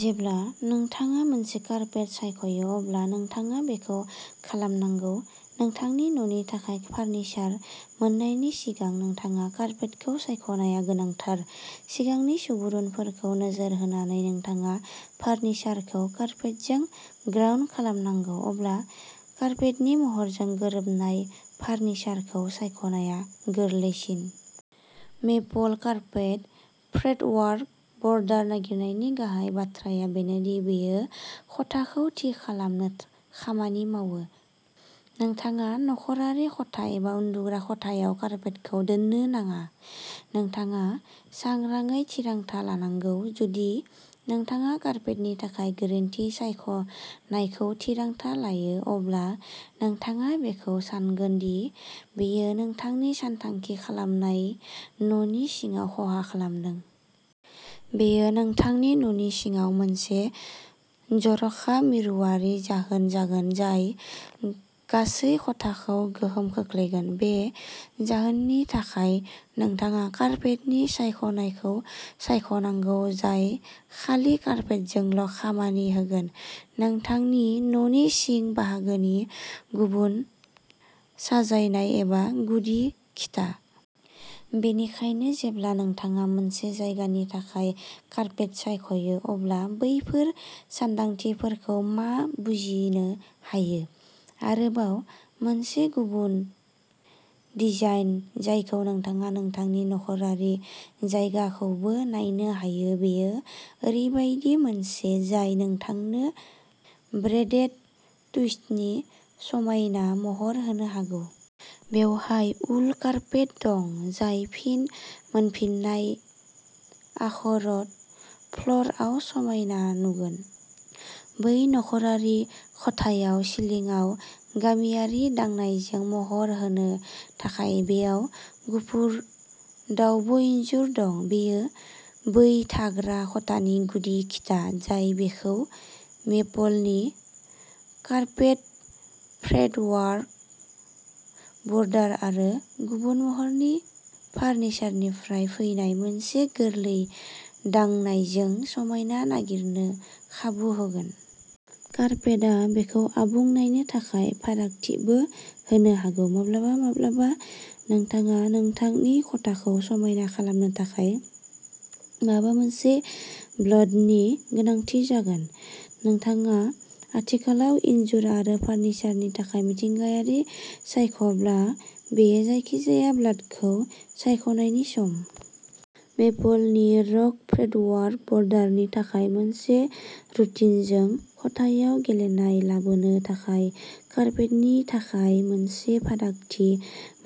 जेब्ला नोंथाङा मोनसे कारपेट सायख'यो अब्ला नोंथाङा बेखौ खालामनांगौ। नोंथांनि न'नि थाखाय फार्निचार मोननायनि सिगां नोंथाङा कारपेटखौ सायख'नाया गोनांथार। सिगांनि सुबुरुनफोरखौ नोजोर होनानै नोंथाङा फार्निचारखौ कारपेटजों ग्राउन्ड खालामनांगौ, अब्ला कारपेटनि महरजों गोरोबनाय फार्निचारखौ सायख'नाया गोरलैसिन। मेपल कारपेट फ्रेटवर्क बर्डार नागिरनायनि गाहाय बाथ्राया बेनो दि बेयो खथाखौ थि खालामनो खामानि मावो। नोंथाङा नखरारि खथा एबा उन्दुग्रा खथायाव कारपेटखौ दोननो नाङा, नोंथाङा सांग्राङै थिरांथा लानांगौ। जुदि नोंथाङा कारपेटनि थाखाय गोरोन्थि सायख'नायखौ थिरांथा लायो, अब्ला नोंथाङा बेखौ सानगोन दि बेयो नोंथांनि सानथांखि खालामनाय न'नि सिङाव खहा खालामदों। बेयो नोंथांनि न'नि सिङाव मोनसे जर'खा मिरुवारि जाहोन जागोन जाय गासै खथाखौ गोहोम खोख्लैगोन। बे जाहोननि थाखाय नोंथाङा कारपेटनि सायख'नायखौ सायख'नांगौ जाय खालि कारपेटजोंल'खामानि होगोन। नोंथांनि न'नि सिं बाहागोनि गुबुन साजायनाय एबा गुदि खिथा। बेनिखायनो, जेब्ला नोंथाङा मोनसे जायगानि थाखाय कारपेट सायख'यो, अब्ला बैफोर सानदांथिफोरखौ मा बुजिनो हायो? आरोबाव मोनसे गुबुन डिजाइन जायखौ नोंथाङा नोंथांनि नख'रारि जायगाखौबो नायनो हायो, बेयो ओरैबायदि मोनसे जाय नोंथांनो ब्रेडेड टुइस्टनि समायना महर होनो हागौ। बेवहाय उल कारपेट दं, जाय फिन मोनफिननाय आखरट फ्ल'रआव समायना नुगोन। बै नख'रारि खथायाव सिलिंआव गामियारि दांनायजों महर होनो थाखाय, बेयाव गुफुर दावब'इनजुर दं। बेयो बै थाग्रा खथानि गुदि खिथा, जाय बेखौ मेपलनि कारपेट फ्रेटवर्क बर्डार आरो गुबुन महरनि फार्निचारनिफ्राय फैनाय मोनसे गोरलै दांनायजों समायना नागिरनो खाबु होगोन। कारपेटआ बेखौ आबुं नायनो थाखाय फारागथिबो होनो हागौ। माब्लाबा-माब्लाबा, नोंथाङा नोंथांनि खथाखौ समायना खालामनो थाखाय माबा मोनसे बल्डनि गोनांथि जागोन। नोंथाङा आथिखालाव इनजुर आरो फार्निचारनि थाखाय मिथिंगायारि सायख'ब्ला, बेयो जायखिजाया बल्डखौ सायख'नायनि सम। मेपलनि रग फ्रेटवर्क बर्डारनि थाखाय मोनसे रुटिनजों। खथायाव गेलेनाय लाबोनो थाखाय कारपेटनि थाखाय मोनसे फारागथि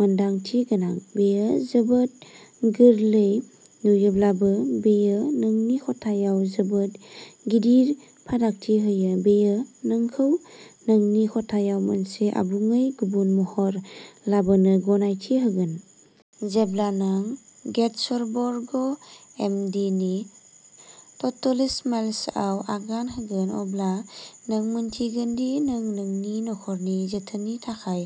मोनदांथि गोनां। बेयो जोबोद गोरलै नुयोब्लाबो, बेयो नोंनि खथायाव जोबोद गिदिर फारागथि होयो। बेयो नोंखौ नोंनि खथायाव मोनसे आबुङै गुबुन महर लाबोनो गनायथि होगोन। जेब्ला नों गेथर्सबर्ग, एम. डि. नि टटलिस्माइल्सआव आगान होगोन, अब्ला नों मिन्थिगोन दि नों नोंनि नखरनि जोथोननि थाखाय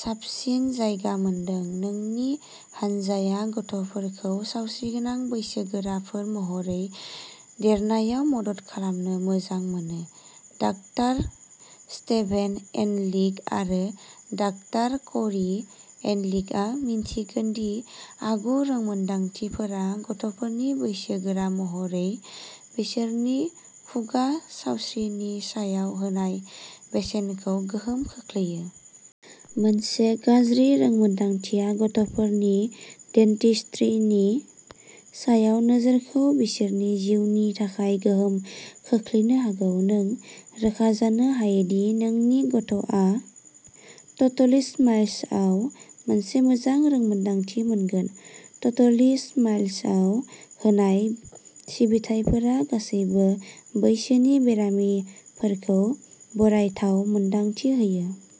साबसिन जायगा मोनदों। जोंनि हानजाया गथ'फोरखौ सावस्रिगोनां बैसोगोराफोर महरै देरनायाव मदद खालामनो मोजां मोनो। डाक्टार स्टेभेन एनलिक आरो डाक्टार क'री एनलिकआ मिन्थिगोन दि आगु रोंमोनदांथिफोरा गथ'फोरनि बैसोगोरा महरै बिसोरनि खुगा सावस्रिनि सायाव होनाय बेसेनखौ गोहोम खोख्लैयो। मोनसे गाज्रि रोंमोनदांथिया गथ'फोरनि डेन्टिस्ट्रीनि सायाव नोजोरखौ बिसोरनि जिउनि थाखाय गोहोम खोख्लैनो हागौ। नों रोखा जानो हायो दि नोंनि गथ'आ टटलीस्माइल्सआव मोनसे मोजां रोंमोनदांथि मोनगोन। टटलीस्माइल्सआव होनाय सिबिथाइफोरा गासैबो बैसोनि बेरामिफोरखौ बरायथाव मोनदांथि होयो।